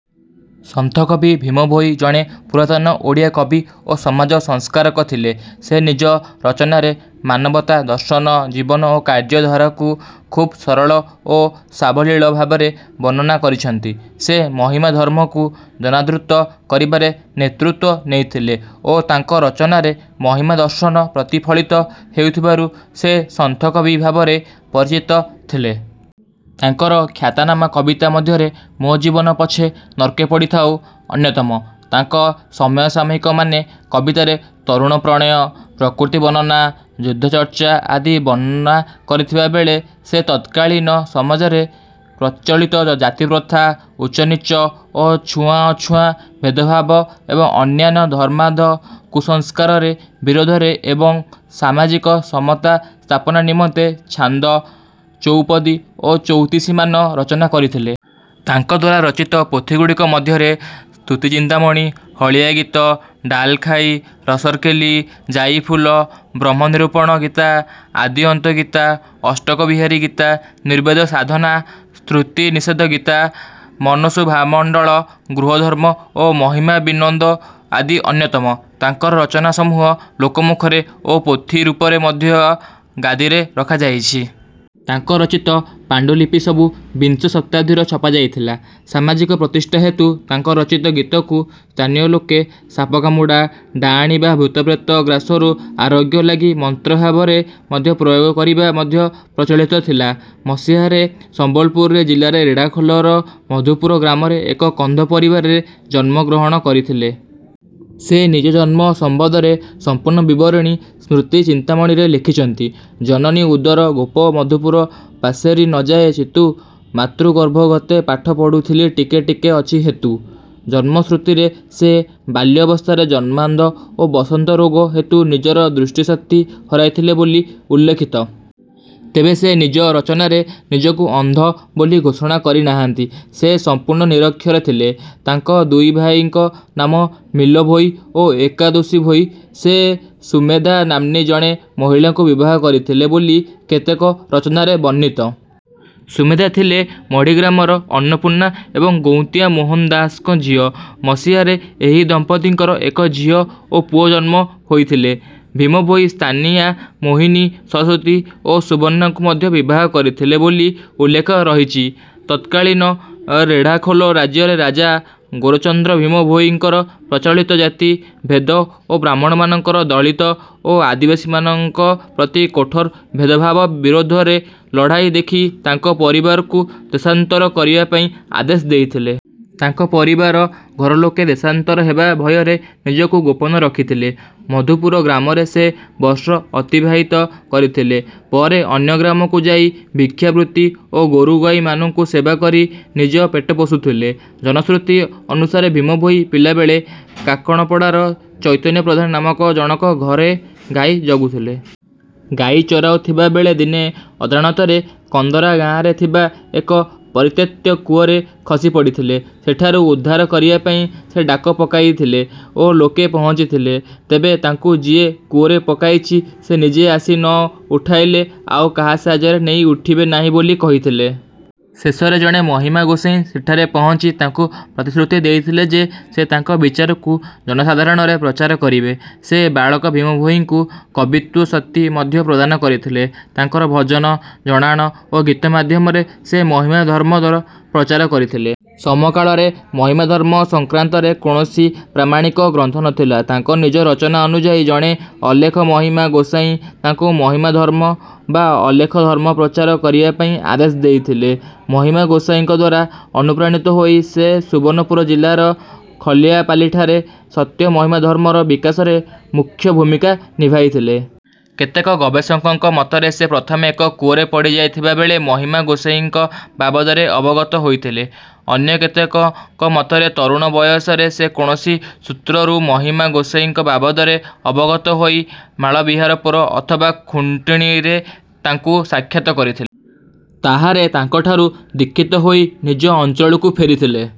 ସନ୍ଥକବି ଭୀମ ଭୋଇ ଜଣେ ପୁରାତନ ଓଡ଼ିଆ କବି ଓ ସମାଜ ସଂସ୍କାରକ ଥିଲେ। ସେ ନିଜ ରଚନାରେ ମାନବତା, ଦର୍ଶନ, ଜୀବନ ଓ କାର୍ଯ୍ୟ ଧାରାକୁ ଖୁବ ସରଳ ଓ ସାବଲୀଳ ଭାବରେ ବର୍ଣ୍ଣନା କରିଛନ୍ତି। ସେ ମହିମା ଧର୍ମକୁ ଜନାଦୃତ କରିବାରେ ନେତୃତ୍ୱ ନେଇଥିଲେ ଓ ତାଙ୍କ ରଚନାରେ ମହିମା ଦର୍ଶନ ପ୍ରତିଫଳିତ ହୋଇଥିବାରୁ ସେ "ସନ୍ଥ କବି" ଭାବରେ ପରିଚିତ ଥିଲେ। ତାଙ୍କର ଖ୍ୟାତନାମା କବିତା ମଧ୍ୟରେ "ମୋ ଜୀବନ ପଛେ ନର୍କେ ପଡ଼ିଥାଉ" ଅନ୍ୟତମ। ତାଙ୍କ ସମସାମୟିକମାନେ କବିତାରେ ତରୁଣ ପ୍ରଣୟ, ପ୍ରକୃତି ବର୍ଣ୍ଣନା, ଯୁଦ୍ଧଚର୍ଚ୍ଚା ଆଦି ବର୍ଣ୍ଣା କରିଥିବା ବେଳେ ସେ ତତ୍କାଳୀନ ସମଜରେ ପ୍ରଚଳିତ ଜାତିପ୍ରଥା, ଉଚ୍ଚନୀଚ ଓ ଛୁଆଁଅଛୁଆଁ ଭେଦଭାବ ଏବଂ ଅନ୍ୟାନ୍ୟ ଧର୍ମାନ୍ଧ କୁସଂସ୍କାରର ବିରୋଧରେ ଏବଂ ସାମାଜିକ ସମତା ସ୍ଥାପନା ନିମନ୍ତେ ଛାନ୍ଦ, ଚଉପଦୀ ଓ ଚଉତିଶାମାନ ରଚନା କରିଥିଲେ। ତାଙ୍କଦ୍ୱାରା ରଚିତ ପୋଥିଗୁଡ଼ିକ ମଧ୍ୟରେ ସ୍ତୁତିଚିନ୍ତାମଣି, ହଳିଆ ଗୀତ, ଡାଲଖାଈ, ରସରକେଲି, ଯାଇଫୁଲ, ବ୍ରହ୍ମ ନିରୂପଣ ଗୀତା, ଆଦିଅନ୍ତ ଗୀତା, ଅଷ୍ଟକ ବିହାରୀ ଗୀତା, ନିର୍ବେଦ ସାଧନା, ଶ୍ରୁତିନିଷେଧ ଗୀତା, ମନୁସଭାମଣ୍ଡଳ, ଗୃହଧର୍ମ ଓ ମହିମାବିନୋଦ ଆଦି ଅନ୍ୟତମ। ତାଙ୍କର ରଚନାସମୂହ ଲୋକମୁଖରେ ଓ ପୋଥି ରୂପରେ ମଧ୍ୟ ଗାଦିରେ ରଖାଯାଇଛି। ତାଙ୍କ ରଚିତ ପାଣ୍ଡୁଲିପିସବୁ ବିଂଶ ଶତାବ୍ଦୀରେ ଛପାଯାଇଥିଲା। ସାମାଜିକ ପ୍ରତିଷ୍ଠା ହେତୁ ତାଙ୍କ ରଚିତ ଗୀତକୁ ସ୍ଥାନୀୟ ଲୋକେ ସାପକାମୁଡ଼ା, ଡାଆଣୀ ବା ଭୂତପ୍ରେତ ଗ୍ରାସରୁ ଆରୋଗ୍ୟ ଲାଗି ମନ୍ତ୍ର ଭାବରେ ମଧ୍ୟ ପ୍ରୟୋଗ କରିବା ମଧ୍ୟ ପ୍ରଚଳିତ ଥିଲା। ମସିହାରେ ସମ୍ବଲପୁର ଜିଲ୍ଲାର ରେଢ଼ାଖୋ ଲର ମଧୁପୁର ଗ୍ରାମରେ ଏକ କନ୍ଧ ପରିବାରରେ ଜନ୍ମଗ୍ରହଣ କରିଥିଲେ। ସେ ନିଜ ଜନ୍ମ ସମ୍ବନ୍ଧରେ ସମ୍ପୂର୍ଣ୍ଣ ବିବରଣୀ ସ୍ତୁତି ଚିନ୍ତାମଣିରେ ଲେଖିଛନ୍ତି: ଜନନୀ ଉଦର ଗୋପ ମଧୁପୁର ପାଶୋରି ନ ଯାଏ ଚିତ୍ତୁ ମାତୃଗର୍ଭେଗତେ ପାଠ ପଢ଼ୁଥିଲି ଟିକେ ଟିକେ ଅଛି ହେତୁ।। ଜନଶ୍ରୁତିରେ ସେ ବାଲ୍ୟାବସ୍ଥାରେ ଜନ୍ମାନ୍ଧ ଓ ବସନ୍ତ ରୋଗ ହେତୁ ନିଜର ଦୃଷ୍ଟିଶକ୍ତି ହରାଇଥିଲେ ବୋଲି ଉଲ୍ଲିଖିତ। ତେବେ ସେ ନିଜ ରଚନାରେ ନିଜକୁ ଅନ୍ଧ ବୋଲି ଘୋଷଣା କରିନାହାନ୍ତି। ସେ ସମ୍ପୂର୍ଣ୍ଣ ନିରକ୍ଷର ଥିଲେ। ତାଙ୍କ ଦୁଇ ଭାଇଙ୍କ ନାମ ମିଲ୍ଲ ଭୋଇ ଓ ଏକାଦୋଷୀ ଭୋଇ। ସେ ସୁମେଧା ନାମ୍ନୀ ଜଣେ ମହିଳାଙ୍କୁ ବିବାହ କରିଥିଲେ ବୋଲି କେତେକ ରଚନାରେ ବର୍ଣ୍ଣିତ। ସୁମେଧା ଥିଲେ ମଢ଼ି ଗ୍ରାମର ଅନ୍ନପୂର୍ଣ୍ଣା ଏବଂ ଗୌନ୍ତିଆ ମୋହନ ଦାସଙ୍କ ଝିଅ। ମସିହାରେ ଏହି ଦମ୍ପତ୍ତିଙ୍କର ଏକ ଝିଅ ଓ ପୁଅ ଜନ୍ମ ହୋଇଥିଲେ। ଭୀମ ଭୋଇ ସ୍ଥାନୀୟା ମୋହିନୀ, ସରସ୍ୱତୀ ଓ ସୁବର୍ଣ୍ଣାଙ୍କୁ ମଧ୍ୟ ବିବାହ କରିଥିଲେ ବୋଲି ଉଲ୍ଲେଖ ରହିଛି। ତତ୍କାଳୀନ ରେଢ଼ାଖୋଲ ରାଜ୍ୟର ରାଜା ଗୌରଚନ୍ଦ୍ର ଭୀମ ଭୋଇଙ୍କର ପ୍ରଚଳିତ ଜାତି ଭେଦ ଓ ବ୍ରାହ୍ମଣମାନଙ୍କର ଦଳିତ ଓ ଆଦିବାସୀମାନଙ୍କ ପ୍ରତି କଠୋର ଭେଦଭାବ ବିରୋଧରେ ଲଢ଼ାଇ ଦେଖି ତାଙ୍କ ପରିବାରକୁ ଦେଶାନ୍ତର କରିବା ପାଇଁ ଆଦେଶ ଦେଇଥିଲେ। ତାଙ୍କ ପରିବାର ଘରଲୋକେ ଦେଶାନ୍ତର ହେବା ଭୟରେ ନିଜକୁ ଗୋପନ ରଖିଥିଲେ। ମଧୁପୁର ଗ୍ରାମରେ ସେ ବର୍ଷ ଅତିବାହିତ କରିଥିଲେ। ପରେ ଅନ୍ୟ ଗ୍ରାମକୁ ଯାଇ ଭିକ୍ଷା ବୃତ୍ତି ଓ ଗୋରୁଗାଈମାନଙ୍କୁ ସେବା କରି ନିଜ ପେଟ ପୋଷୁଥିଲେ। ଜନଶ୍ରୁତି ଅନୁସାରେ ଭୀମ ଭୋଇ ପିଲା ବେଳେ କାକଣପଡ଼ାର ଚୈତନ୍ୟ ପ୍ରଧାନ ନାମକ ଜଣକ ଘରେ ଗାଈ ଜଗୁଥିଲେ। ଗାଈ ଚରାଉ ଥିବା ବେଳେ ଦିନେ ଅଜାଣତରେ କନ୍ଦରା ଗାଁରେ ଥିବା ଏକ ପରିତ୍ୟକ୍ତ କୂଅରେ ଖସିପଡ଼ିଥିଲେ। ସେଠାରୁ ଉଦ୍ଧାର କରିବାପାଇଁ ସେ ଡାକ ପକାଇଥିଲେ ଓ ଲୋକେ ପହଞ୍ଚିଥିଲେ। ତେବେ ତାଙ୍କୁ ଯିଏ କୂଅରେ ପକାଇଛି ସେ ନିଜେ ଆସି ନ ଉଠାଇଲେ ଆଉ କାହା ସାହାଯ୍ୟ ନେଇ ଉଠିବେ ନାହିଁ ବୋଲି କହିଥିଲେ। ଶେଷରେ ଜଣେ ମହିମା ଗୋସାଇଁ ସେଠାରେ ପହଞ୍ଚି ତାଙ୍କୁ ପ୍ରତିଶ୍ରୁତି ଦେଇଥିଲେ ଯେ ସେ ତାଙ୍କ ବିଚାରକୁ ଜନସାଧାରଣରେ ପ୍ରଚାର କରିବେ। ସେ ବାଳକ ଭୀମଭୋଇଙ୍କୁ କବିତ୍ୱ-ଶକ୍ତି ମଧ୍ୟ ପ୍ରଦାନ କରିଥିଲେ। ତାଙ୍କର ଭଜନ, ଜଣାଣ ଓ ଗୀତ ମାଧ୍ୟମରେ ସେ ମହିମା ଧର୍ମର ପ୍ରଚାର କରିଥିଲେ। ସମକାଳରେ ମହିମାଧର୍ମ ସଂକ୍ରାନ୍ତରେ କୌଣସି ପ୍ରାମାଣିକ ଗ୍ରନ୍ଥ ନଥିଲା। ତାଙ୍କ ନିଜ ରଚନା ଅନୁଯାୟୀ ଜଣେ ଅଲେଖ ମହିମା ଗୋସାଇଁ ତାଙ୍କୁ ମହିମା ଧର୍ମ ବା ଅଲେଖ ଧର୍ମର ପ୍ରଚାର କରିବାପାଇଁ ଆଦେଶ ଦେଇଥିଲେ। ମହିମା ଗୋସାଇଁଙ୍କଦ୍ୱାରା ଅନୁପ୍ରାଣିତ ହୋଇ ସେ ସୁବର୍ଣ୍ଣପୁର ଜିଲ୍ଲାର ଖଲିଆପାଲିଠାରେ ସତ୍ୟ ମହିମା ଧର୍ମର ବିକାଶରେ ମୁଖ୍ୟ ଭୂମିକା ନିଭାଇଥିଲେ। କେତେକ ଗବେଷକଙ୍କ ମତରେ ସେ ପ୍ରଥମେ ଏକ କୂଅରେ ପଡ଼ିଯାଇଥିବା ବେଳେ ମହିମା ଗୋସାଇଁଙ୍କ ବାବଦରେ ଅବଗତ ହୋଇଥିଲେ। ଅନ୍ୟ କେତେକଙ୍କ ମତରେ ତରୁଣ ବୟସରେ ସେ କୌଣସି ସୂତ୍ରରୁ ମହିମା ଗୋସାଇଁଙ୍କ ବାବଦରେ ଅବଗତ ହୋଇ ମାଳବିହାରପୁର ଅଥବା ଖୁଣ୍ଟୁଣିରେ ତାଙ୍କୁ ସାକ୍ଷାତ କରିଥିଲେ। ତାହାରେ ତାଙ୍କଠାରୁ ଦୀକ୍ଷିତ ହୋଇ ନିଜ ଅଞ୍ଚଳକୁ ଫେରିଥିଲେ।